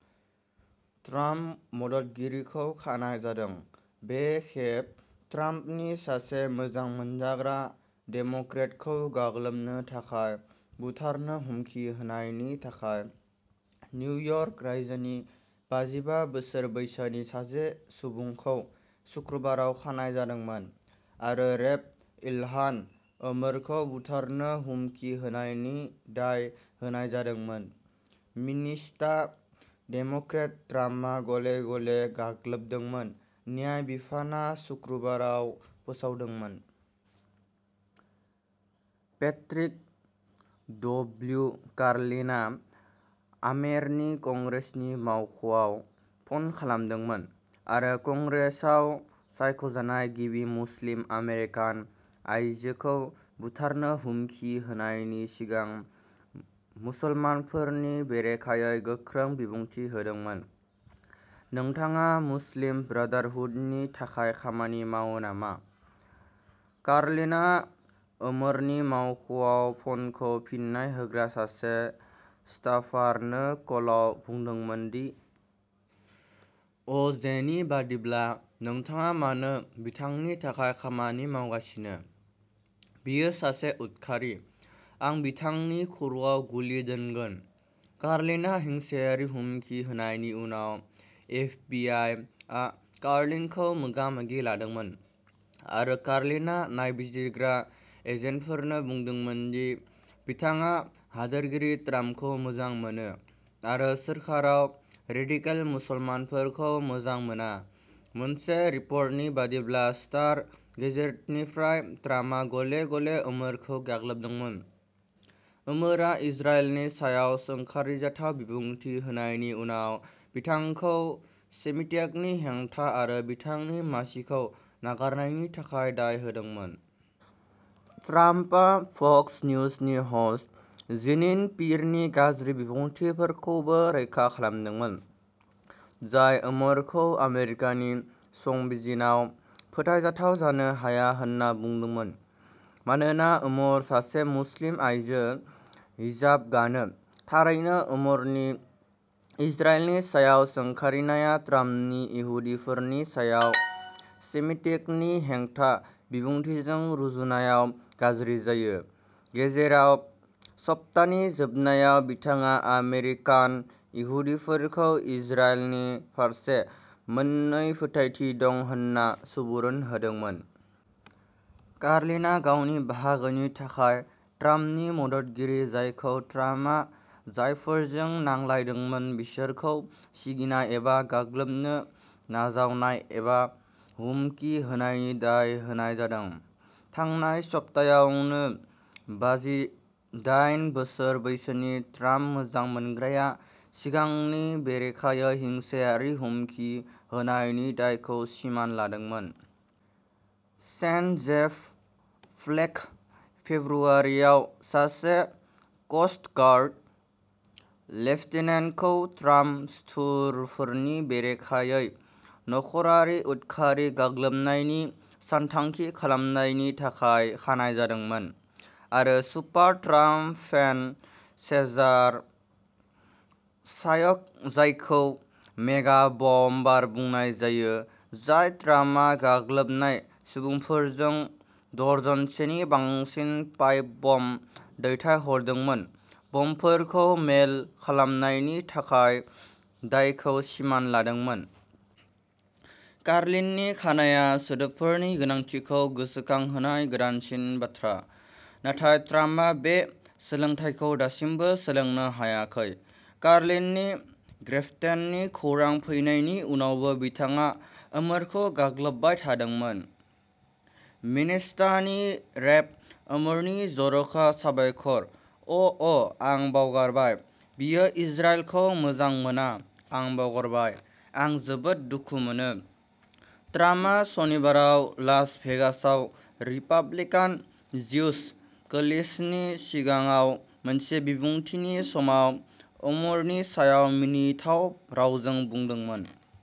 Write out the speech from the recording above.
Trump मददगिरिखौ खानाय जादों, बे खेब ट्राम्पनि सासे मोजां मोनजाग्रा डेम'क्रेटखौ गाग्लोबनो थाखाय बुथारनो हुमखि होनायनि थाखाय। निउयर्क रायजोनि बाजिबा बोसोर बैसोनि सासे सुबुंखौ सुक्रुबाराव खानाय जादोंमोन आरो रेप इलहान ओमरखौ बुथारनो हुमखि होनायनि दाय होनाय जादोंमोन, मिनिसटा डेम'क्रेट ट्राम्पआ गले-गले गाग्लोबदोंमोन, न्याय बिफानआ सुक्रुबाराव फोसावदोंमोन। Patrick W. कार्लिना आमेरनि कंग्रेसनि मावख'आव फन खालामदोंमोन आरो कंग्रेसाव सायख'जानाय गिबि मुस्लिम आमेरिकान आयजोखौ बुथारनो हुमखि होनायनि सिगां मुसलमानफोरनि बेरेखायै गोख्रों बिबुंथि होदोंमोन। "नोंथाङा मुस्लिम ब्रादारहुडनि थाखाय खामानि मावो नामा?" कार्लिनआ ओमरनि मावख'आव फनखौ फिननाय होग्रा सासे स्टाफारनो कलआव बुंदोंमोन, डि. अ. जे. नि बायदिब्ला। "नोंथाङा मानो बिथांनि थाखाय खामानि मावगासिनो, बियो सासे उदखारि। आं बिथांनि खर'आव गुलि दोनगोन।" कार्लिनआ हिंसायारि हुमखि होनायनि उनाव एफ. बि. आइ. आ कार्लिनखौ मोगा-मोगि लादोंमोन, आरो कार्लिनआ नायबिजिरग्रा एजेन्टफोरनो बुंदोंमोन दि "बिथाङा हादोरगिरि ट्राम्पखौ मोजां मोनो आरो सोरखाराव रेडिकेल मुसलमानफोरखौ मोजां मोना", मोनसे रिपर्टनि बायदिब्ला स्टार गेजेटनिफ्राय ट्राम्पआ गले-गले ओमरखौ गाग्लोबदोंमोन, ओमरआ इजराइलनि सायाव सोंखारिजाथाव बिबुंथि होनायनि उनाव बिथांखौ सेमिटिकनि हेंथा आरो बिथांनि मासिखौ नागारनायनि थाखाय दाय होदोंमोन। ट्राम्पआ फक्स निउजनि ह'स्ट जीनिन पिरनि गाज्रि बिबुंथिफोरखौबो रैखा खालामदोंमोन, जाय ओमरखौ आमेरिकानि संबिजनाव फोथायजाथाव जानो हाया होनना बुंदोंमोन मानोना ओमर सासे मुस्लिम आयजो हिजाब गानो। थारैनो, ओमरनि इजराइलनि सायाव सोंखारिनाया ट्राम्पनि इहुदिफोरनि सायाव सेमिटिकनि हेंथा बिबुंथिजों रुजुनायाव गाज्रि जायो, गेजेराव सप्तानि जोबनायाव बिथाङा आमेरिकान इहुदिफोरखौ इजराइलनि फारसे मोन्नै फोथायथि दं होन्ना सुबुरुन होदोंमोन। कार्लिनआ, गावनि बाहागोनि थाखाय, ट्राम्पनि मददगिरि, जायखौ ट्राम्पआ जायफोरजों नांलायदोंमोन, बिसोरखौ सिगिनाय एबा गाग्लोबनो नाजावनाय एबा हुमकि होनायनि दाय होनाय जादों। थांनाय सप्तायावनो, बाजिडायन बोसोर बैसोनि ट्राम्प मोजां मोनग्राया सिगांनि बेरेखायै हिंसायारि हुमखि होनायनि दायखौ सिमान लादोंमोन। सेन जेफ फ्लेक फेब्रुवारियाव, सासे क'स्ट गार्ड लेफ्टिनेन्टखौ ट्राम्प सुथुरफोरनि बेरेखायै नखरारि उदखारि गाग्लोबनायनि सानथांखि खालामनायनि थाखाय खानाय जादोंमोन। आरो super Trump fan Cesar Sayoc, जायखौ मेगा बमबार बुंनाय जायो जाय ट्राम्पआ गाग्लोबनाय सुबुंफोरजों दर्जनसेनि बांसिन पाइप बम दैथायहरदोंमोन, बमफोरखौ मेइल खालामनायनि थाखाय दायखौ सिमान लादोंमोन। कार्लिननि खानायआ सोदोबफोरनि गोनांथिखौ गोसोखांहोनाय गोदानसिन बाथ्रा। नाथाय ट्राम्पआ बे सोलोंथायखौ दासिमबो सोलोंनो हायाखै। कार्लिननि ग्रेप्तेननि खौरां फैनायनि उनावबो बिथाङा ओमरखौ गाग्लोबबाय थादोंमोन। "मिनेसटानि रेप ओमरनि जर'खा साबायखर, अ ', अ', आं बावगारबाय, बियो इजराइलखौ मोजां मोना, आं बावगारबाय, आं जोबोद दुखु मोनो", ट्राम्पआ सनिबाराव लास भेगासआव रिपाब्लिकान ज्युइश कोलिशनि सिगाङाव मोनसे बिबुंथिनि समाव ओमरनि सायाव मिनिथाव रावजों बुंदोंमोन।